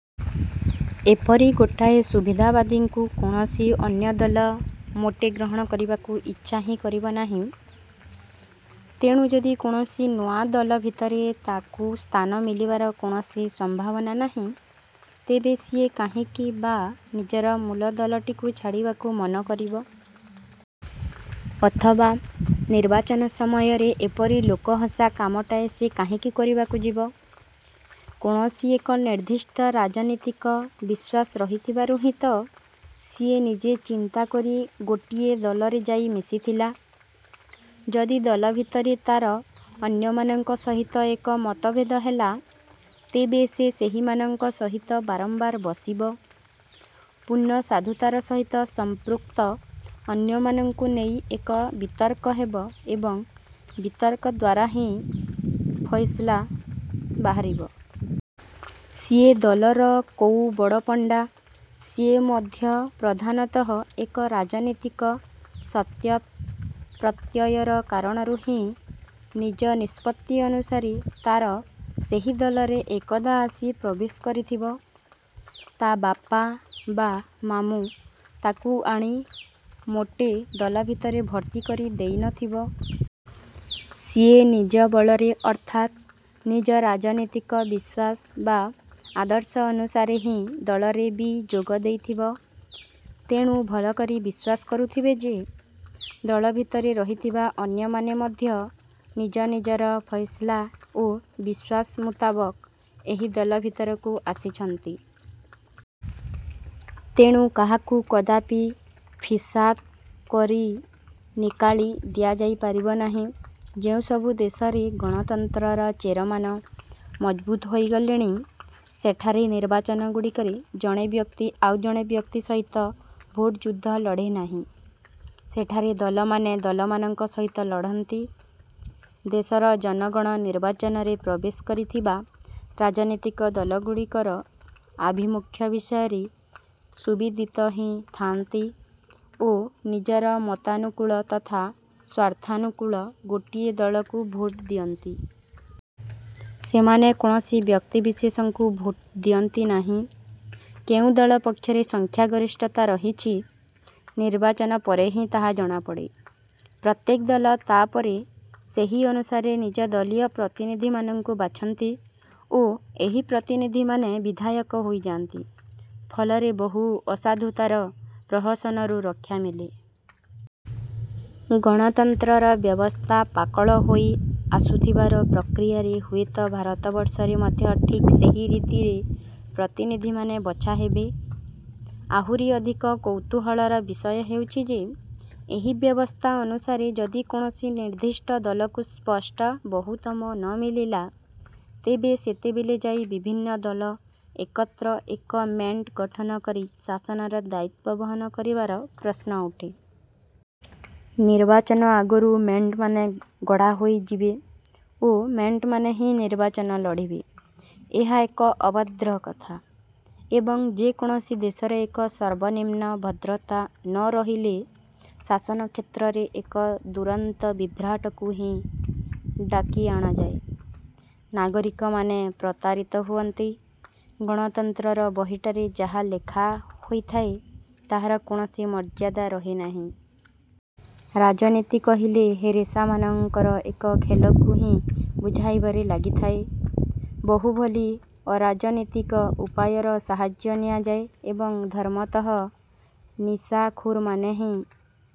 ଏପରି ଗୋଟାଏ ସୁବିଧାବାଦୀକୁ କୌଣସି ଅନ୍ୟ ଦଳ ମୋଟେ ଗ୍ରହଣ କରିବାକୁ ଇଚ୍ଛା ହିଁ କରିବ ନାହିଁ। ତେଣୁ ଯଦି କୌଣସି ନୂଆ ଦଳ ଭିତରେ ତାକୁ ସ୍ଥାନ ମିଳିବାର କୌଣସି ସମ୍ଭାବନା ନାହିଁ, ତେବେ ସିଏ କାହିଁକି ବା ନିଜର ମୂଳ ଦଳଟିକୁ ଛାଡ଼ିବାକୁ ମନ କରିବ? ଅଥବା, ନିର୍ବାଚନ ସମୟରେ ଏପରି ଲୋକହସା କାମଟାଏ ସେ କାହିଁକି କରିବାକୁ ଯିବ? କୌଣସି ଏକ ନିର୍ଦ୍ଦିଷ୍ଟ ରାଜନୀତିକ ବିଶ୍ୱାସ ରହିଥିବାରୁ ହିଁ ତ ସିଏ ନିଜେ ଚିନ୍ତା କରି ଗୋଟିଏ ଦଳରେ ଯାଇ ମିଶିଥିଲା। ଯଦି ଦଳ ଭିତରେ ତା'ର ଅନ୍ୟମାନଙ୍କ ସହିତ ଏକ ମତଭେଦ ହେଲା, ତେବେ ସେ ସେହିମାନଙ୍କ ସହିତ ବାରମ୍ବାର ବସିବ, ପୂର୍ଣ୍ଣ ସାଧୁତାର ସହିତ ସମ୍ପୃକ୍ତ ଅନ୍ୟମାନଙ୍କୁ ନେଇ ଏକ ବିତର୍କ ହେବ ଏବଂ ବିତର୍କ ଦ୍ଵାରା ହିଁ ଫଇସଲା ବାହାରିବ। ସିଏ ଦଳର କୋଉ ବଡ଼ପଣ୍ଡା, ସିଏ ମଧ୍ୟ ପ୍ରଧାନତଃ ଏକ ରାଜନୀତିକ ସତ୍ୟପ୍ରତ୍ୟୟର କାରଣରୁ ହିଁ ନିଜ ନିଷ୍ପତ୍ତି ଅନୁସାରେ ତା'ର ସେହି ଦଳରେ ଏକଦା ଆସି ପ୍ରବେଶ କରିଥିବ। ତା' ବାପା ବା ମାମୁଁ ତାକୁ ଆଣି ମୋଟେ ଦଳ ଭିତରେ ଭର୍ତ୍ତି କରି ଦେଇନଥିବ। ସିଏ ନିଜ ବଳରେ ଅର୍ଥାତ୍ ନିଜ ରାଜନୀତିକ ବିଶ୍ୱାସ ବା ଆଦର୍ଶ ଅନୁସାରେ ହିଁ ଦଳରେ ବି ଯୋଗ ଦେଇଥିବ, ତେଣୁ ଭଲକରି ବିଶ୍ୱାସ କରୁଥିବ ଯେ, ଦଳ ଭିତରେ ରହିଥିବା ଅନ୍ୟମାନେ ମଧ୍ୟ ନିଜ ନିଜର ଫଇସଲା ଓ ବିଶ୍ୱାସମୁତାବକ ଏହି ଦଳ ଭିତରକୁ ଆସିଛନ୍ତି। ତେଣୁ କାହାକୁ କଦାପି ଫିସାଦ କରି ନିକାଲି ଦିଆଯାଇପାରିବ ନାହିଁ। ଯେଉଁସବୁ ଦେଶରେ ଗଣତନ୍ତ୍ରର ଚେରମାନେ ମଜବୁତ ହୋଇଗଲେଣି, ସେଠାରେ ନିର୍ବାଚନଗୁଡ଼ିକରେ ଜଣେ ବ୍ୟକ୍ତି ଆଉ ଜଣେ ବ୍ୟକ୍ତି ସହିତ ଭୋଟ ଯୁଦ୍ଧ ଲଢ଼େ ନାହିଁ। ସେଠାରେ ଦଳମାନେ ଦଳମାନଙ୍କ ସହିତ ଲଢ଼ନ୍ତି। ଦେଶର ଜନଗଣ ନିର୍ବାଚନରେ ପ୍ରବେଶ କରିଥିବା ରାଜନୀତିକ ଦଳଗୁଡ଼ିକର ଆଭିମୁଖ୍ୟ ବିଷୟରେ ସୁବିଦିତ ହିଁ ଥାଆନ୍ତି ଓ ନିଜର ମତାନୁକୂଳ ତଥା ସ୍ୱାର୍ଥାନୁକୂଳ ଗୋଟିଏ ଦଳକୁ ଭୋଟ ଦିଅନ୍ତି। ସେମାନେ କୌଣସି ବ୍ୟକ୍ତିବିଶେଷଙ୍କୁ ଭୋଟ ଦିଅନ୍ତି ନାହିଁ। କେଉଁ ଦଳ ପକ୍ଷରେ ସଂଖ୍ୟାଗରିଷ୍ଠତା ରହିଛି, ନିର୍ବାଚନ ପରେ ହିଁ ତାହା ଜଣାପଡ଼େ। ପ୍ରତ୍ୟେକ ଦଳ ତା'ପରେ ସେହି ଅନୁସାରେ ନିଜ ଦଳୀୟ ପ୍ରତିନିଧିମାନଙ୍କୁ ବାଛନ୍ତି ଓ ଏହି ପ୍ରତିନିଧିମାନେ ବିଧାୟକ ହୋଇଯାଆନ୍ତି। ଫଳରେ ବହୁ ଅସାଧୁତାର ପ୍ରହସନରୁ ରକ୍ଷା ମିଳେ। ଗଣତନ୍ତ୍ରର ବ୍ୟବସ୍ଥା ପାକଳ ହୋଇ ଆସୁଥିବାର ପ୍ରକ୍ରିୟାରେ ହୁଏତ ଭାରତବର୍ଷରେ ମଧ୍ୟ ଠିକ୍ ସେହି ରୀତିରେ ପ୍ରତିନିଧିମାନେ ବଛାହେବେ। ଆହୁରି ଅଧିକ କୌତୁହଳର ବିଷୟ ହେଉଛି ଯେ, ଏହି ବ୍ୟବସ୍ଥା ଅନୁସାରେ ଯଦି କୌଣସି ନିର୍ଦ୍ଦିଷ୍ଟ ଦଳକୁ ସ୍ପଷ୍ଟ ବହୁମତ ନ ମିଳିଲା, ତେବେ ସେତେବେଳେ ଯାଇ ବିଭିନ୍ନ ଦଳ ଏକତ୍ର ଏକ ମେଣ୍ଟ ଗଠନ କରି ଶାସନର ଦାୟିତ୍ୱ ବହନ କରିବାର ପ୍ରଶ୍ନ ଉଠେ। ନିର୍ବାଚନ ଆଗରୁ ମେଣ୍ଟମାନେ ଗଢ଼ାହୋଇଯିବେ ଓ ମେଣ୍ଟମାନେ ହିଁ ନିର୍ବାଚନ ଲଢ଼ିବେ, ଏହା ଏକ ଅଭଦ୍ର କଥା। ଏବଂ ଯେକୌଣସି ଦେଶରେ ଏକ ସର୍ବନିମ୍ନ ଭଦ୍ରତା ନରହିଲେ ଶାସନକ୍ଷେତ୍ରରେ ଏକ ଦୁରନ୍ତ ବିଭ୍ରାଟକୁ ହଁ ଡାକି ଅଣାଯାଏ। ନାଗରିକମାନେ ପ୍ରତାରିତ ହୁଅନ୍ତି। ଗଣତନ୍ତ୍ରର ବହିଟାରେ ଯାହା ଲେଖା ହୋଇଥାଏ, ତାହାର କୌଣସି ମର୍ଯ୍ୟାଦା ରହେନାହିଁ-। ରାଜନୀତି କହିଲେ ହେରେଷାମାନଙ୍କର ଏକ ଖେଳକୁ ହିଁ ବୁଝାଇବାରେ ଲାଗିଥାଏ। ବହୁଭଳି ଅରାଜନୀତିକ ଉପାୟର ସାହାଯ୍ୟ ନିଆଯାଏ ଏବଂ ଧର୍ମତଃ ନିଶାଖୋରମାନେ ହିଁ